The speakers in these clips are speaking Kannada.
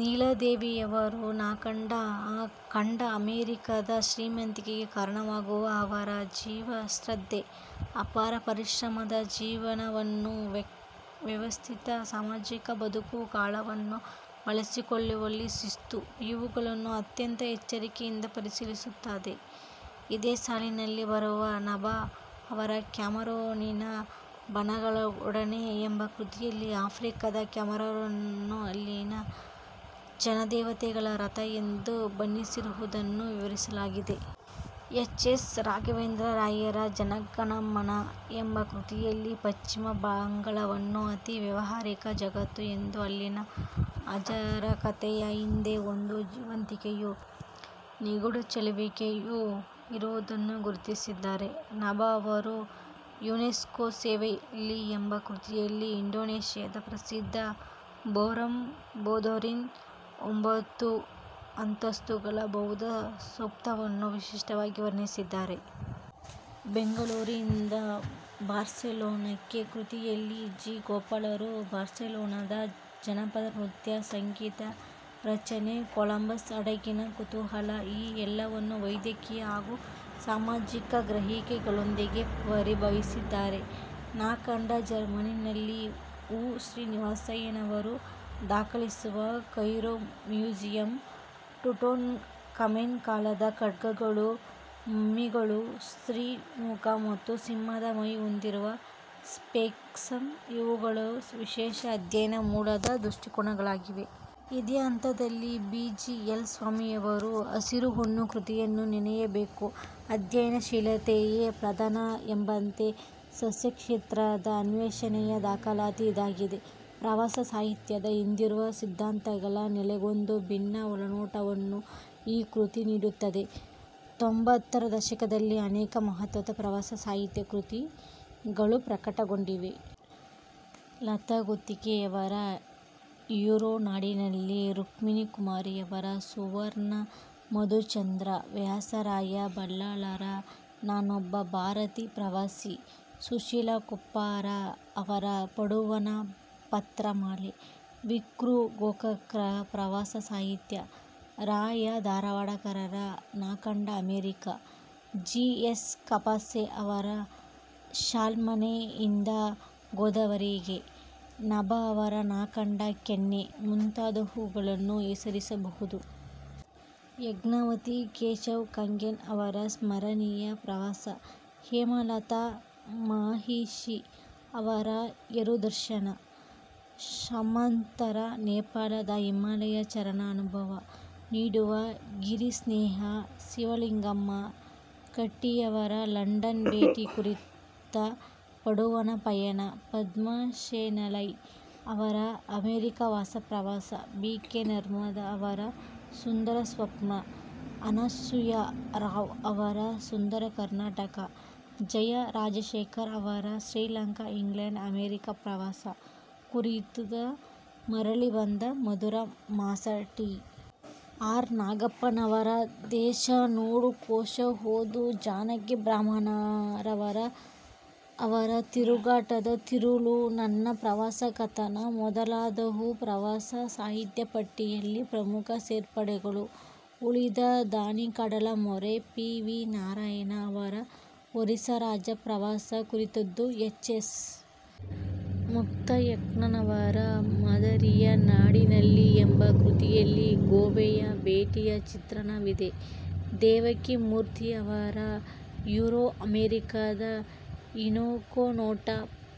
ನೀಳಾದೇವಿಯವರ ನಾ ಕಂಡ ಆ ಖಂಡ ಅಮೆರಿಕದ ಶ್ರೀಮಂತಿಕೆಗೆ ಕಾರಣವಾಗುವ ಅವರ ಜೀವನಶ್ರದ್ಧೆ, ಅಪಾರ ಪರಿಶ್ರಮದ ಜೀವನವನ್ನು ವ್ಯವಸ್ಥಿತ ಸಾಮಾಜಿಕ ಬದುಕು, ಕಾಲವನ್ನು ಬಳಸಿಕೊಳ್ಳುವಲ್ಲಿನ ಶಿಸ್ತು- ಇವುಗಳನ್ನು ಅತ್ಯಂತ ಎಚ್ಚರಿಕೆಯಿಂದ ಪರಿಶೀಲಿಸುತ್ತದೆ. ಇದೇ ಸಾಲಿನಲ್ಲಿ ಬರುವ ನಭ ಅವರ ಕ್ಯಾಮರೂನಿನ ಬಣಗಳೊಡನೆ ಎಂಬ ಕೃತಿಯಲ್ಲಿ ಆಫ್ರಿಕಾದ ಕ್ಯಾಮರೂನನ್ನು ಅಲ್ಲಿಯ ಜನ ದೇವತೆಗಳ ರಥ ಎಂದು ಬಣ್ಣಿಸಿರುವುದನ್ನು ವಿವರಿಸಲಾಗಿದೆ. ಎಚ್. ಎಸ್. ರಾಘವೇಂದ್ರರಾಯರ "ಜನಗಣಮನ" ಎಂಬ ಕೃತಿಯಲ್ಲಿ ಪಶ್ಚಿಮ ಬಂಗಾಲವನ್ನು ಅತೀ ವ್ಯಾವಹಾರಿಕ ಜಗತ್ತು ಎಂದೂ ಅಲ್ಲಿನ ಅರಾಜಕತೆಯ ಹಿಂದೆ ಒಂದು ಜೀವಂತಿಕೆಯೂ ನಿಗೂಢ ಚೆಲುವಿಕೆಯೂ ಇರುವುದನ್ನು ಗುರುತಿಸಿದ್ದಾರೆ. ನಭ ಅವರು ಯುನೆಸ್ಕೋ ಸೇವೆಯಲ್ಲಿ ಎಂಬ ಕೃತಿಯಲ್ಲಿ ಇಂಡೊನೇಷ್ಯದ ಪ್ರಸಿದ್ಧ ಬೋರಾಂ ಬೋದೂರಿನ ಒಂಬತ್ತು ಅಂತಸ್ತುಗಳ ಬೌದ್ಧ ಸ್ತೂಪವನ್ನು ವಿಶಿಷ್ಟವಾಗಿ ವರ್ಣಿಸಿದ್ದಾರೆ. ಬೆಂಗಳೂರಿಂದ ಬಾರ್ಸೆಲೋನಾಕ್ಕೆ ಕೃತಿಯಲ್ಲಿ ಜಿ. ಗೋಪಾಲರು ಬಾರ್ಸೆಲೋನಾದ ಜನಪದ ನೃತ್ಯ, ಸಂಗೀತ ರಚನೆ, ಕೊಲಂಬಸ್ ಹಡಗಿನ ಕುತೂಹಲ ಈ ಎಲ್ಲವನ್ನೂ ವೈದ್ಯಕೀಯ ಹಾಗೂ ಸಾಮಾಜಿಕ ಗ್ರಹಿಕೆಗಳೊಂದಿಗೆ ಪರಿಭಾವಿಸಿದ್ದಾರೆ. ನಾ ಕಂಡ ಜರ್ಮನಿಯಲ್ಲಿ ಹೊ. ಶ್ರೀನಿವಾಸಯ್ಯನವರು ದಾಖಲಿಸುವ ಕೈರೋ ಮ್ಯೂಸಿಯಂ, ಟುಟುನ್ ಖಾಮೆನ್ ಕಾಲದ ಖಡ್ಗಗಳು, ಮಮ್ಮಿಗಳು, ಸ್ತ್ರೀ ಮುಖ ಮತ್ತು ಸಿಂಹದ ಮೈ ಹೊಂದಿರುವ ಸ್ಫಿಂಕ್ಸ್ ಇವುಗಳು ವಿಶೇಷ ಅಧ್ಯಯನ ಮೂಲದ ದೃಷ್ಟಿಕೋನಗಳಾಗಿವೆ. ಇದೇ ಹಂತದಲ್ಲಿ ಬಿ. ಜಿ. ಎಲ್. ಸ್ವಾಮಿಯವರ "ಹಸಿರು ಹೊನ್ನು" ಕೃತಿಯನ್ನೂ ನೆನೆಯಬೇಕು. ಅಧ್ಯಯನಶೀಲತೆಯೇ ಪ್ರಧಾನ ಎಂಬಂತೆ ಸಸ್ಯಕ್ಷೇತ್ರದ ಅನ್ವೇಷಣೆಯ ದಾಖಲಾತಿ ಇದಾಗಿದೆ. ಪ್ರವಾಸ ಸಾಹಿತ್ಯದ ಹಿಂದಿರುವ ಸಿದ್ಧಾಂತಗಳ ನೆಲೆಗೊಂದು ಬಿನ್ನ ಒಳನೋಟವನ್ನು ಈ ಕೃತಿ ನೀಡುತ್ತದೆ. ತೊಂಭತ್ತರ ದಶಕದಲ್ಲಿ ಅನೇಕ ಮಹತ್ವದ ಪ್ರವಾಸ ಸಾಹಿತ್ಯ ಕೃತಿಗಳು ಪ್ರಕಟಗೊಂಡಿವೆ. ಲತಾಗುತ್ತಿಯವರ ಯುರೋನಾಡಿನಲ್ಲಿ, ರುಕ್ಮಿಣಿಕುಮಾರಿಯವರ ಸುವರ್ಣ ಮಧುಚಂದ್ರ, ವ್ಯಾಸರಾಯ ಬಲ್ಲಾಳರ ನಾನೊಬ್ಬ ಭಾರತೀಯ ಪ್ರವಾಸಿ, ಸುಶೀಲಾ ಕೊಪ್ಪರ ಅವರ ಪಡುವಣ ಪತ್ರಮಾಲೆ, ವಿ. ಕೃ. ಗೋಕಾಕರ ಪ್ರವಾಸ ಸಾಹಿತ್ಯ, ರಾ. ಯ. ಧಾರವಾಡಕರರ ನಾಕಂಡ ಅಮೆರಿಕೆ, ಜಿ. ಎಸ್. ಕಾಪಸೆ ಅವರ ಶಾಲ್ಮಲೆಯಿಂದ ಗೋದಾವರಿವರೆಗೆ, ನಭ ಅವರ ನಾ ಕಂಡ ಕೆನ್ಯಾ ಮುಂತಾದುವುಗಳನ್ನು ಹೆಸರಿಸಬಹುದು. ಯಜ್ಞವತಿ ಕೇಶವ ಕಂಗೆನ್ ಅವರ ಸ್ಮರಣೀಯ ಪ್ರವಾಸ, ಹೇಮಲತಾ ಮಹಿಷಿ ಅವರ ಯುರೋದರ್ಶನ, ಶಮಂತರ ನೇಪಾಳದ ಹಿಮಾಲಯ ಚಾರಣ ಅನುಭವ ನೀಡುವ ಗಿರಿಸ್ನೇಹ, ಶಿವಲಿಂಗಮ್ಮ ಕಟ್ಟಿಯವರ ಲಂಡನ್ ಭೇಟಿ ಕುರಿತ ಪಡುವಣ ಪಯಣ, ಪದ್ಮಾಶೆಣೈ ಅವರ ಅಮೆರಿಕವಾಸ ಪ್ರವಾಸ, ಬಿ. ಕೆ. ನರ್ಮದ ಅವರ ಸುಂದರಸ್ವಪ್ನ, ಅನಸೂಯಾ ರಾವ್ ಅವರ ಸುಂದರ ಕರ್ನಾಟಕ ಜಯಾ ರಾಜಶೇಖರ ಅವರ ಶ್ರೀಲಂಕಾ ಇಂಗ್ಲೆಂಡ್ ಅಮೆರಿಕಾ ಪ್ರವಾಸ ಕುರಿತ ಮರಳಿ ಬಂದ ಮಧುರ ಮಾಸ ಟಿ. ಆರ್. ನಾಗಪ್ಪನವರ ದೇಶ ನೋಡು ಕೋಶ ಓದು ಜಾನಕಿ ಬ್ರಹ್ಮಾವರ ಅವರ ತಿರುಗಾಟದ ತಿರುಳು, ನನ್ನ ಪ್ರವಾಸ ಕಥನ ಮೊದಲಾದವು ಪ್ರವಾಸ ಸಾಹಿತ್ಯ ಪಟ್ಟಿಯಲ್ಲಿನ ಪ್ರಮುಖ ಸೇರ್ಪಡೆಗಳು. ಉಳಿಯ ದನಿ ಕಡಲಮೊರೆ ಪಿ. ವಿ. ನಾರಾಯಣ ಅವರ ಒರಿಸ್ಸ ರಾಜ್ಯ ಪ್ರವಾಸ ಕುರಿತದ್ದು. ಎಚ್. ಎಸ್. ಮುಕ್ತಾಯಕ್ಕನವರ ಮದಿರೆಯ ನಾಡಿನಲ್ಲಿ ಎಂಬ ಕೃತಿಯಲ್ಲಿ ಗೋವೆಯ ಭೇಟಿಯ ಚಿತ್ರಣವಿದೆ. ದೇವಕೀ ಮೂರ್ತಿ ಅವರ ಯುರೋ ಅಮೆರಿಕಾದ ಇಣುಕುನೋಟ,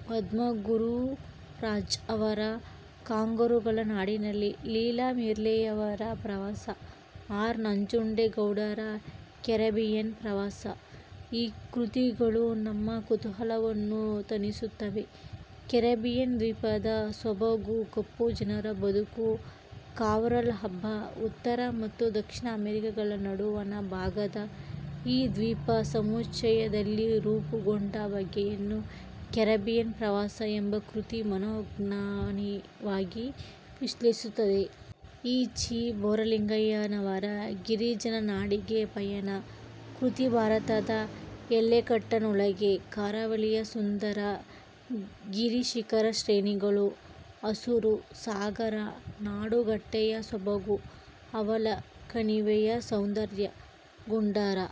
ಪದ್ಮಗುರುರಾಜ್ ಅವರ ಕಾಂಗರೂಗಳ ನಾಡಿನಲ್ಲಿ, ಲೀಲಾ ಮಿರ್ಲೆಯವರ ಪ್ರವಾಸ, ಆರ್. ನಂಜುಂಡೇಗೌಡರ ಕೆರೆಬಿಯನ್ ಪ್ರವಾಸ, ಈ ಕೃತಿಗಳು ನಮ್ಮ ಕುತೂಹಲವನ್ನು ತಣಿಸುತ್ತವೆ. ಕೆರೆಬಿಯನ್ ದ್ವೀಪದ ಸೊಬಗು ಕಪ್ಪುಜನರ ಬದುಕು ಕಾರ್ವಾಲ್ ಹಬ್ಬ, ಉತ್ತರ ಮತ್ತು ದಕ್ಷಿಣ ಅಮೆರಿಕಗಳ ನಡುವಣ ಭಾಗದ ಈ ದ್ವೀಪ ಸಮುಚ್ಚಯದಲ್ಲಿ ರೂಪುಗೊಂಡ ಬಗೆಯನ್ನು ಕೆರೆಬಿಯನ್ ಪ್ರವಾಸ ಎಂಬ ಕೃತಿ ಮನೋಜ್ಞವಾಗಿ ವಿಶ್ಲೇಷಿಸುತ್ತದೆ. ಹಿ. ಚಿ. ಬೋರಲಿಂಗಯ್ಯನವರ ಗಿರಿಜನ ನಾಡಿಗೆ ಪಯಣ ಕೃತಿ ಭಾರತದ ಎಲ್ಲೆಕಟ್ಟಿನೊಳಗೆ ಕರಾವಳಿಯ ಸುಂದರ ಗಿರಿಶಿಖರ ಶ್ರೇಣಿಗಳು, ಹಸುರು, ಸಾಗರ ನಡುಗಡ್ಡೆಯ ಸೊಬಗು, ಹವಳ ಕಣಿವೆಯ ಸೌಂದರ್ಯ, ಗೊಂಡರ